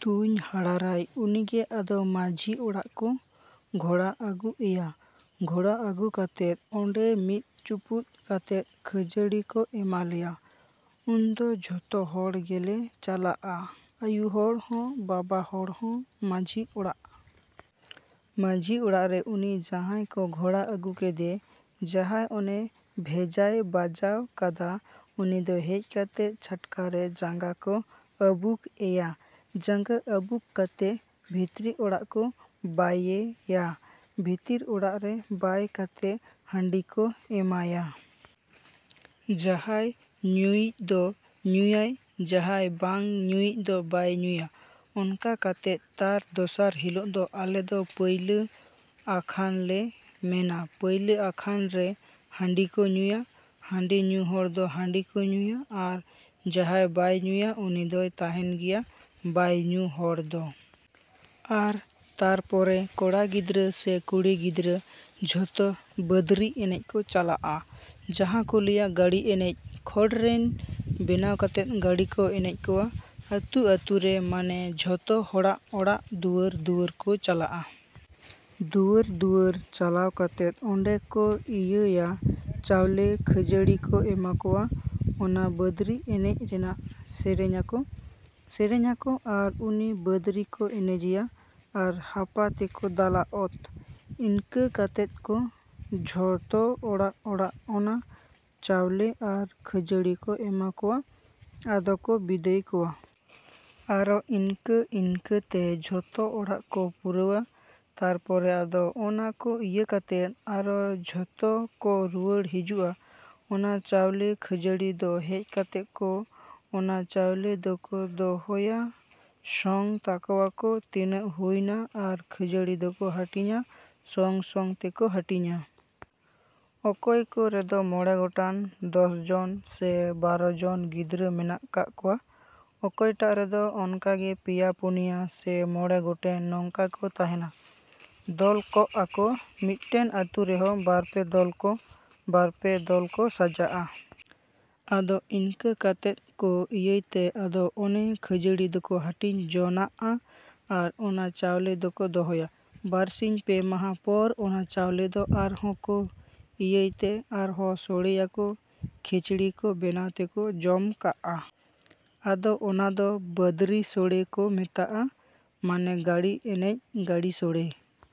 ‎ᱛᱩᱧ ᱦᱟᱲᱟᱨᱟᱭ ᱩᱱᱤᱜᱮ ᱟᱫᱚ ᱢᱟᱺᱡᱷᱤ ᱚᱲᱟᱜ ᱠᱚ ᱜᱷᱚᱲᱟ ᱟᱹᱜᱩ ᱮᱭᱟ᱾ ᱜᱷᱚᱲᱟ ᱟᱹᱜᱩ ᱠᱟᱛᱮᱫ ᱚᱸᱰᱮ ᱢᱤᱫ ᱪᱩᱯᱩᱫ ᱠᱟᱛᱮᱫ ᱠᱷᱟᱹᱡᱟᱹᱲᱤ ᱠᱚ ᱮᱢᱟ ᱞᱮᱭᱟ᱾ ᱩᱱᱫᱚ ᱡᱷᱚᱛᱚ ᱦᱚᱲ ᱜᱮᱞᱮ ᱪᱟᱞᱟᱜᱼᱟ ᱟᱹᱭᱩ ᱦᱚᱲ ᱦᱚᱸ ᱵᱟᱵᱟ ᱦᱚᱲ ᱦᱚᱸ ᱢᱟᱹᱡᱷᱤ ᱚᱲᱟᱜ᱾ ᱢᱟᱹᱡᱷᱤ ᱚᱲᱟᱜ ᱨᱮ ᱩᱱᱤ ᱡᱟᱦᱟᱸᱭ ᱠᱚ ᱜᱷᱚᱲᱟ ᱟᱹᱜᱩ ᱠᱮᱫᱮ ᱡᱟᱦᱟᱸᱭ ᱚᱱᱮ ᱵᱷᱮᱡᱟᱭ ᱵᱟᱡᱟᱣ ᱠᱟᱫᱟ ᱩᱱᱤ ᱫᱚ ᱦᱮᱡ ᱠᱟᱛᱮᱫ ᱪᱷᱟᱴᱠᱟᱨᱮ ᱡᱟᱸᱜᱟ ᱠᱚ ᱟᱹᱵᱩᱠ ᱮᱭᱟ᱾ ᱡᱟᱸᱜᱟ ᱟᱹᱵᱩᱠ ᱠᱟᱛᱮᱫ ᱵᱷᱤᱛᱨᱤ ᱚᱲᱟᱜ ᱠᱚ ᱵᱟᱭᱮᱭᱟ᱾ ᱵᱷᱤᱛᱤᱨ ᱚᱲᱟᱜ ᱨᱮ ᱵᱟᱭ ᱠᱟᱛᱮᱫ ᱦᱟᱺᱰᱤ ᱠᱚ ᱮᱢᱟᱭᱟ᱾ ᱡᱟᱦᱟᱸᱭ ᱧᱩᱭᱤᱡ ᱫᱚ ᱧᱩᱭᱟᱭ ᱡᱟᱦᱟᱸᱭ ᱵᱟᱝ ᱧᱩᱭᱤᱡ ᱫᱚ ᱵᱟᱭ ᱧᱩᱭᱟ᱾ ᱚᱱᱠᱟ ᱠᱟᱛᱮᱫ ᱛᱟᱨ ᱫᱚᱥᱟᱨ ᱦᱤᱞᱚᱜ ᱫᱚ ᱟᱞᱮ ᱫᱚ ᱯᱟᱹᱭᱞᱟᱹ ᱟᱠᱷᱟᱱᱞᱮ ᱢᱮᱱᱟ ᱯᱟᱹᱭᱞᱟᱹ ᱟᱠᱷᱟᱱ ᱨᱮ ᱦᱟᱺᱰᱤ ᱠᱚ ᱧᱩᱭᱟ᱾ ᱦᱟᱺᱰᱤ ᱧᱩ ᱦᱚᱲ ᱫᱚ ᱦᱟᱺᱰᱤ ᱠᱚ ᱧᱩᱭᱟ ᱟᱨ ᱡᱟᱦᱟᱸᱭ ᱵᱟᱭ ᱧᱩᱭᱟ ᱩᱱᱤ ᱫᱚᱭ ᱛᱟᱦᱮᱱ ᱜᱮᱭᱟ ᱵᱟᱭ ᱧᱩ ᱦᱚᱲ ᱫᱚ᱾ ᱟᱨ ᱛᱟᱨᱯᱚᱨᱮ ᱠᱚᱲᱟ ᱜᱤᱫᱽᱨᱟᱹ ᱥᱮ ᱠᱩᱲᱤ ᱜᱤᱫᱽᱨᱟᱹ ᱡᱷᱚᱛᱚ ᱵᱟᱹᱫᱽᱨᱤ ᱮᱱᱮᱡ ᱠᱚ ᱪᱟᱞᱟᱜᱼᱟ ᱡᱟᱦᱟᱸ ᱠᱚ ᱞᱟᱹᱭᱟ ᱜᱟᱹᱲᱤ ᱮᱱᱮᱡ ᱠᱷᱚᱲ ᱨᱮᱱ ᱵᱮᱱᱟᱣ ᱠᱟᱛᱮᱫ ᱜᱟᱹᱲᱤ ᱠᱚ ᱮᱱᱮᱡ ᱠᱚᱣᱟ᱾ ᱟᱹᱛᱩ ᱟᱹᱛᱩᱨᱮ ᱢᱟᱱᱮ ᱡᱷᱚᱛᱚ ᱦᱚᱲᱟᱜ ᱚᱲᱟᱜ ᱫᱩᱣᱟᱹᱨᱼᱫᱩᱣᱟᱹᱨ ᱠᱚ ᱪᱟᱞᱟᱜᱼᱟ᱾ ᱫᱩᱣᱟᱹᱨᱼᱫᱩᱣᱟᱹᱨ ᱪᱟᱞᱟᱣ ᱠᱟᱛᱮᱫ ᱚᱸᱰᱮ ᱠᱚ ᱤᱭᱟᱹᱭᱟ ᱪᱟᱣᱞᱮ ᱠᱷᱟᱹᱡᱟᱹᱲᱤ ᱠᱚ ᱮᱢᱟ ᱠᱚᱣᱟ᱾ ᱚᱱᱟ ᱵᱟᱸᱫᱽᱨᱤ ᱮᱱᱮᱡ ᱨᱮᱱᱟᱜ ᱥᱮᱨᱮᱧᱟᱠᱚ, ᱥᱮᱨᱮᱧᱟᱠᱚ ᱟᱨ ᱩᱱᱤ ᱵᱟᱸᱫᱽᱨᱤ ᱠᱚ ᱮᱱᱮᱡᱮᱭᱟ ᱟᱨ ᱦᱟᱯᱟ ᱛᱮᱠᱚ ᱫᱟᱞᱟ ᱚᱛ᱾ ᱤᱱᱠᱟᱹ ᱠᱟᱛᱮᱫ ᱠᱚ ᱡᱷᱚᱛᱚ ᱚᱲᱟᱜᱼᱚᱲᱟᱜ ᱚᱱᱟ ᱪᱟᱣᱞᱮ ᱟᱨ ᱠᱷᱟᱹᱡᱟᱲᱤ ᱠᱚ ᱮᱢᱟᱠᱚᱣᱟ ᱟᱫᱚ ᱠᱚ ᱵᱤᱫᱟᱹᱭ ᱠᱚᱣᱟ᱾ ᱟᱨᱚ ᱤᱱᱠᱟᱹ ᱤᱱᱠᱟᱹ ᱛᱮ ᱡᱷᱚᱛᱚ ᱚᱲᱟᱜ ᱠᱚ ᱯᱩᱨᱟᱹᱣᱟ᱾ ᱛᱟᱨᱯᱚᱨᱮ ᱟᱫᱚ ᱚᱱᱟ ᱠᱚ ᱤᱭᱟᱹ ᱠᱟᱛᱮᱫ ᱟᱨᱚ ᱡᱷᱚᱛᱚ ᱠᱚ ᱨᱩᱣᱟᱹᱲ ᱦᱤᱡᱩᱜᱼᱟ᱾ ᱚᱱᱟ ᱪᱟᱣᱞᱮ ᱠᱷᱟᱹᱡᱟᱹᱲᱤ ᱫᱚ ᱦᱮᱡ ᱠᱟᱛᱮᱫ ᱠᱚ ᱚᱱᱟ ᱪᱟᱣᱞᱮ ᱫᱚᱠᱚ ᱫᱚᱦᱚᱭᱟ ᱥᱚᱝ ᱛᱟᱠᱚᱣᱟᱠᱚ ᱛᱤᱱᱟᱹᱜ ᱦᱩᱭᱱᱟ ᱟᱨ ᱠᱷᱟᱹᱡᱟᱹᱲᱤ ᱫᱚᱠᱚ ᱦᱟᱹᱴᱤᱧᱟ ᱥᱚᱝᱼᱥᱚᱝ ᱛᱮᱠᱚ ᱦᱟᱹᱴᱤᱧᱟ᱾ ᱚᱠᱚᱭ ᱠᱚ ᱨᱮᱫᱚ ᱢᱚᱬᱮ ᱜᱚᱴᱟᱱ ᱫᱚᱥ ᱡᱚᱱ ᱥᱮ ᱵᱟᱨᱚ ᱡᱚᱱ ᱜᱤᱫᱽᱨᱟᱹ ᱢᱮᱱᱟᱜ ᱠᱟᱜ ᱠᱚᱣᱟ ᱚᱠᱚᱭᱴᱟᱜ ᱨᱮᱫᱚ ᱚᱱᱠᱟᱜᱮ ᱯᱮᱭᱟ ᱯᱩᱱᱭᱟ ᱥᱮ ᱢᱚᱬᱮ ᱜᱚᱴᱮᱱ ᱱᱚᱝᱠᱟ ᱠᱚ ᱛᱟᱦᱮᱱᱟ᱾ ᱫᱚᱞ ᱠᱚᱜᱼᱟᱠᱚ ᱢᱤᱫᱴᱮᱱ ᱟᱹᱛᱩ ᱨᱮᱦᱚᱸ ᱵᱟᱨᱯᱮ ᱫᱚᱞ ᱠᱚ ᱵᱟᱨ ᱯᱮ ᱫᱚᱞ ᱠᱚ ᱥᱟᱡᱟᱜᱼᱟ᱾ ᱟᱫᱚ ᱤᱱᱠᱟᱹ ᱠᱟᱛᱮᱫ ᱠᱚ ᱤᱭᱟᱹᱭ ᱛᱮ ᱟᱫᱚ ᱚᱱᱮ ᱠᱷᱟᱹᱡᱟᱲᱤ ᱫᱚᱠᱚ ᱦᱟᱹᱴᱤᱧ ᱡᱚᱱᱟᱜᱼᱟ ᱟᱨ ᱚᱱᱟ ᱪᱟᱣᱞᱮ ᱫᱚᱠᱚ ᱫᱚᱦᱚᱭᱟ᱾ ᱵᱟᱨᱥᱤᱧ ᱯᱮ ᱢᱟᱦᱟ ᱯᱚᱨ ᱚᱱᱟ ᱪᱟᱣᱞᱮ ᱫᱚ ᱟᱨᱦᱚᱸ ᱠᱚ ᱤᱭᱟᱹᱭ ᱛᱮ ᱟᱨᱦᱚᱸ ᱥᱳᱲᱮᱭᱟᱠᱚ ᱠᱷᱤᱪᱲᱤ ᱠᱚ ᱵᱮᱱᱟᱣ ᱛᱮᱠᱚ ᱡᱚᱢ ᱠᱟᱜᱼᱟ᱾ ᱟᱫᱚ ᱚᱱᱟ ᱫᱚ ᱵᱟᱹᱫᱽᱨᱤ ᱥᱳᱲᱮ ᱠᱚ ᱢᱮᱛᱟᱜᱼᱟ ᱢᱟᱱᱮ ᱜᱟᱹᱲᱤ ᱮᱱᱮᱡ ᱜᱟᱹᱲᱤ ᱥᱳᱲᱮ᱾।